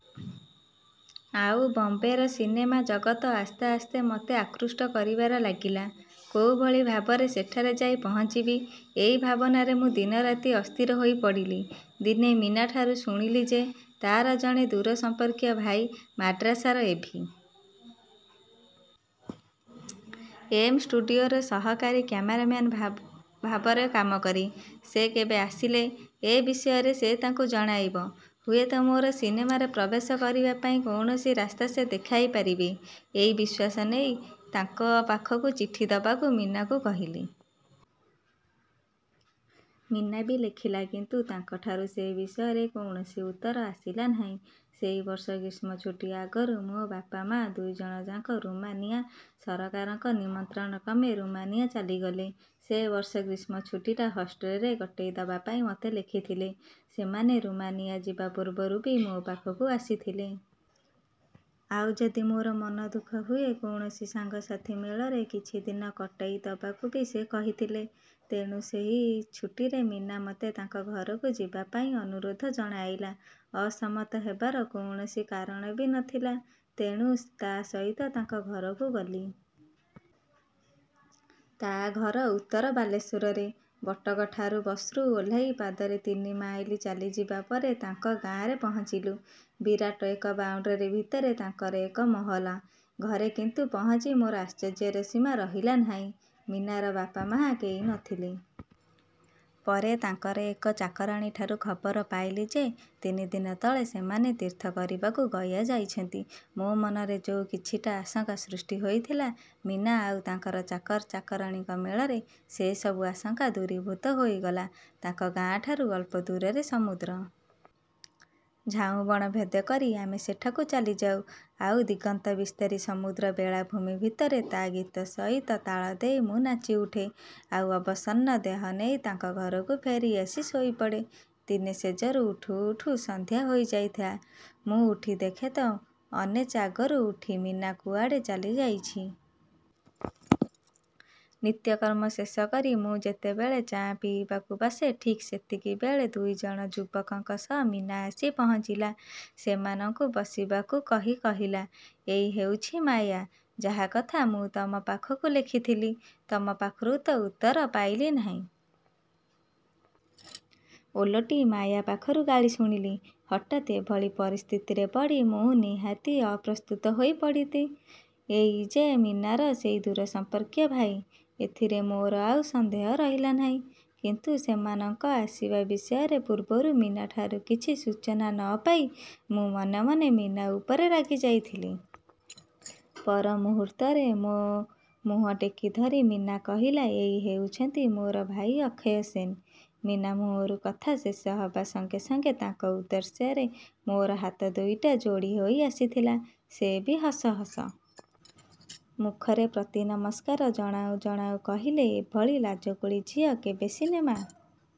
ଆଉ ବମ୍ବେର ସିନେମା ଜଗତ ଆସ୍ତେ ଆସ୍ତେ ମୋତେ ଆକୃଷ୍ଟ କରିବାରେ ଲାଗିଲା। କୋଉଭଳି ଭାବରେ ସେଠାରେ ଯାଇ ପହଞ୍ଚିବି ଏଇ ଭାବନାରେ ମୁଁ ଦିନରାତି ଅସ୍ଥିର ହୋଇପଡ଼ିଲି। ଦିନେ ମୀନାଠାରୁ ଶୁଣିଲି ଯେ ତା'ର ଜଣେ ଦୂର ସମ୍ପର୍କୀୟ ଭାଇ ମାଡ୍ରାସର ଏ. ଭି. ଏମ. ଷ୍ଟୁଡ଼ିଓରେ ସହକାରୀ କ୍ୟମେରାମ୍ୟାନ ଭାବରେ କାମ କରେ। ସେ କେବେ ଆସିଲେ ଏ ବିଷୟରେ ସେ ତାଙ୍କୁ ଜଣାଇବ। ହୁଏତ ମୋର ସିନେମାରେ ପ୍ରବେଶ କରିବା ପାଇଁ କୌଣସି ରାସ୍ତା ସେ ଦେଖାଇପାରିବେ। ଏଇ ବିଶ୍ୱାସ ନେଇ ତାଙ୍କ ପାଖକୁ ଚିଠି ଦେବାକୁ ମୀନାକୁ କହିଲି। ମୀନା ବି ଲେଖିଲା କିନ୍ତୁ ତାଙ୍କଠାରୁ ସେ ବିଷୟରେ କୌଣସି ଉତ୍ତର ଆସିଲା ନାହିଁ। ସେହି ବର୍ଷ ଗ୍ରୀଷ୍ମଛୁଟି ଆଗରୁ ମୋର ବାପା, ମା ଦୁଇଜଣଯାକ ରୁମାନିୟା ସରକାରଙ୍କ ନିମନ୍ତ୍ରଣକ୍ରମେ ରୁମାନିୟା ଚାଲିଗଲେ। ସେ ବର୍ଷ ଗ୍ରୀଷ୍ମଛୁଟିଟା ହଷ୍ଟେଲରେ କଟାଇଦେବାପାଇଁ ମୋତେ ଲେଖିଥିଲେ। ସେମାନେ ରୁମାନିୟା ଯିବା ପୂର୍ବରୁ ବି ମୋ ପାଖକୁ ଆସିଥିଲେ। ଆଉ ଯଦି ମୋର ମନଦୁଃଖ ହୁଏ, କୌଣସି ସାଙ୍ଗସାଥୀ ମେଳରେ କିଛିଦିନ କଟାଇଦେବାକୁ ବି ସେ କହିଥିଲେ ତେଣୁ ସେଇ ଛୁଟିରେ ମୀନା ମୋତେ ତାଙ୍କ ଘରକୁ ଯିବାପାଇଁ ଅନୁରୋଧ ଜଣାଇଲା। ଅସମ୍ମତ ହେବାର କୌଣସି କାରଣ ବି ନ ଥିଲା, ତେଣୁ ତା ସହିତ ତାଙ୍କ ଘରକୁ ଗଲି। ତା ଘର ଉତ୍ତର ବାଲେଶ୍ୱରରେ। ବଟଗଠାରୁ ବସ୍ରୁ ଓହ୍ଲାଇ ପାଦରେ ତିନି ମାଇଲ ଚାଲିଯିବା ପରେ ତାଙ୍କ ଗାଆଁରେ ପହଞ୍ଚିଲୁଁ। ବିରାଟ ଏକ ବାଉଣ୍ଡରୀ ଭିତରେ ତାଙ୍କର ଏକମହଲା ଘରେ କିନ୍ତୁ ପହଞ୍ଚି ମୋର ଆଶ୍ଚର୍ଯ୍ୟର ସୀମା ରହିଲା ନାହିଁ। ମୀନାର ବାପା, ମା କେହି ନ ଥିଲେ। ପରେ ତାଙ୍କର ଏକ ଚାକରାଣୀଠାରୁ ଖବର ପାଇଲି ଯେ ତିନିଦିନ ତଳେ ସେମାନେ ତୀର୍ଥ କରିବାକୁ ଗୟା ଯାଇଛନ୍ତି। ମୋ ମନରେ ଯୋଉ କିଛିଟା ଆଶଙ୍କା ସୃଷ୍ଟି ହୋ ଇଥିଲା, ମୀନା ଆଉ ତାଙ୍କର ଚାକରଚାକରାଣୀଙ୍କ ମେଳରେ ସେ ସବୁ ଆଶଙ୍କା ଦୂରୀଭୂତ ହୋଇଗଲା। ତାଙ୍କ ଗାଆଁଠାରୁ ଅଳ୍ପ ଦୂରରେ ସମୁଦ୍ର।। ଝାଉଁବଣ ଭେଦ କରି ଆମେ ସେଠାକୁ ଚାଲିଯାଉ। ଆଉ ଦିଗନ୍ତବିସ୍ତାରୀ ସମୁଦ୍ର ବେଳାଭୂମି ଭିତରେ ତା ଗୀତ ସହିତ ତାଳ ଦେଇ ମୁଁ ନାଚିଉଠେ। ଆଉ ଅବସନ୍ନ ଦେହ ନେଇ ତାଙ୍କ ଘରକୁ ଫେରିଆସି ଶୋଇପଡ଼େ। ଦିନେ ଶେଯରୁ ଉଠୁ ଉଠୁ ସନ୍ଧ୍ୟା ହୋଇଯାଇଥିଲା, ମୁଁ ଉଠି ଦେଖେ ତ ମୋର ଅନେଜ ଆଗରୁ ଉଠି ମୀନା କୁଆଡ଼େ ଚାଲିଯାଇଛି। ନିତ୍ୟକର୍ମ ଶେଷ କରି ମୁଁ ଯେତେବେଳେ ଚା' ପିଇବାକୁ ବସେ ଠିକ୍ ସେତିକିବେଳେ ଦୁଇଜଣ ଯୁବକଙ୍କ ସହ ମୀନା ଆସି ପହଞ୍ଚିଲା। ସେମାନଙ୍କୁ ବସିବାକୁ କହି କହିଲା, 'ଏଇ ହେଉଛି ମାୟା, ଯାହା କଥା ମୁଁ ତମ ପାଖକୁ ଲେଖିଥିଲି। ତମ ପାଖରୁ ତ ଉତ୍ତର ପାଇଲି ନାହିଁ। ଓଲଟି ମାୟା ପାଖରୁ ଗାଳି ଶୁଣିଲି। ହଠାତ୍ ଏଭଳି ପରିସ୍ଥିତିରେ ପଡ଼ି ମୁଁ ନିହାତି ଅପ୍ରସ୍ତୁତ ହୋଇପଡ଼ିତି । ଏଇ ଯେ ମୀନାର ସେଇ ଦୂରସମ୍ପର୍କୀୟ ଭାଇ, ଏଥିରେ ମୋର ଆଉ ସନ୍ଦେହ ରହିଲା ନାହିଁ କିନ୍ତୁ ସେମାନଙ୍କ ଆସିବା ବିଷୟରେ ପୂର୍ବରୁ ମୀନାଠାରୁ କିଛି ସୂଚନା ନ ପାଇ, ମୁଁ ମନେ ମନେ ମୀନା ଉପରେ ରାଗିଯାଇଥିଲି। ପର ମୁହୂର୍ତ୍ତରେ ମୋ ମୁହଁ ଟେକିଧରି ମୀନା କହିଲା, 'ଏଇ ହେଉଛନ୍ତି ମୋର ଭାଇ ଅକ୍ଷୟ ସେନ। ' ମୀନା ମୁହଁରୁ କଥା ଶେଷ ହେବା ସଙ୍ଗେ ସଙ୍ଗେ ତାଙ୍କ ଉଦ୍ଦେଶ୍ୟରେ ମୋର ହାତ ଦୁଇଟା ଯୋଡ଼ି ହୋଇ ଆସିଥିଲା। ସେ ବି ହସ ହସ ମୁଖରେ ପ୍ରତିନମସ୍କାର ଜଣାଉ ଜଣାଉ କହିଲେ, 'ଏଭଳି ଲାଜକୁଳୀ ଝିଅ କେବେ ସିନେମା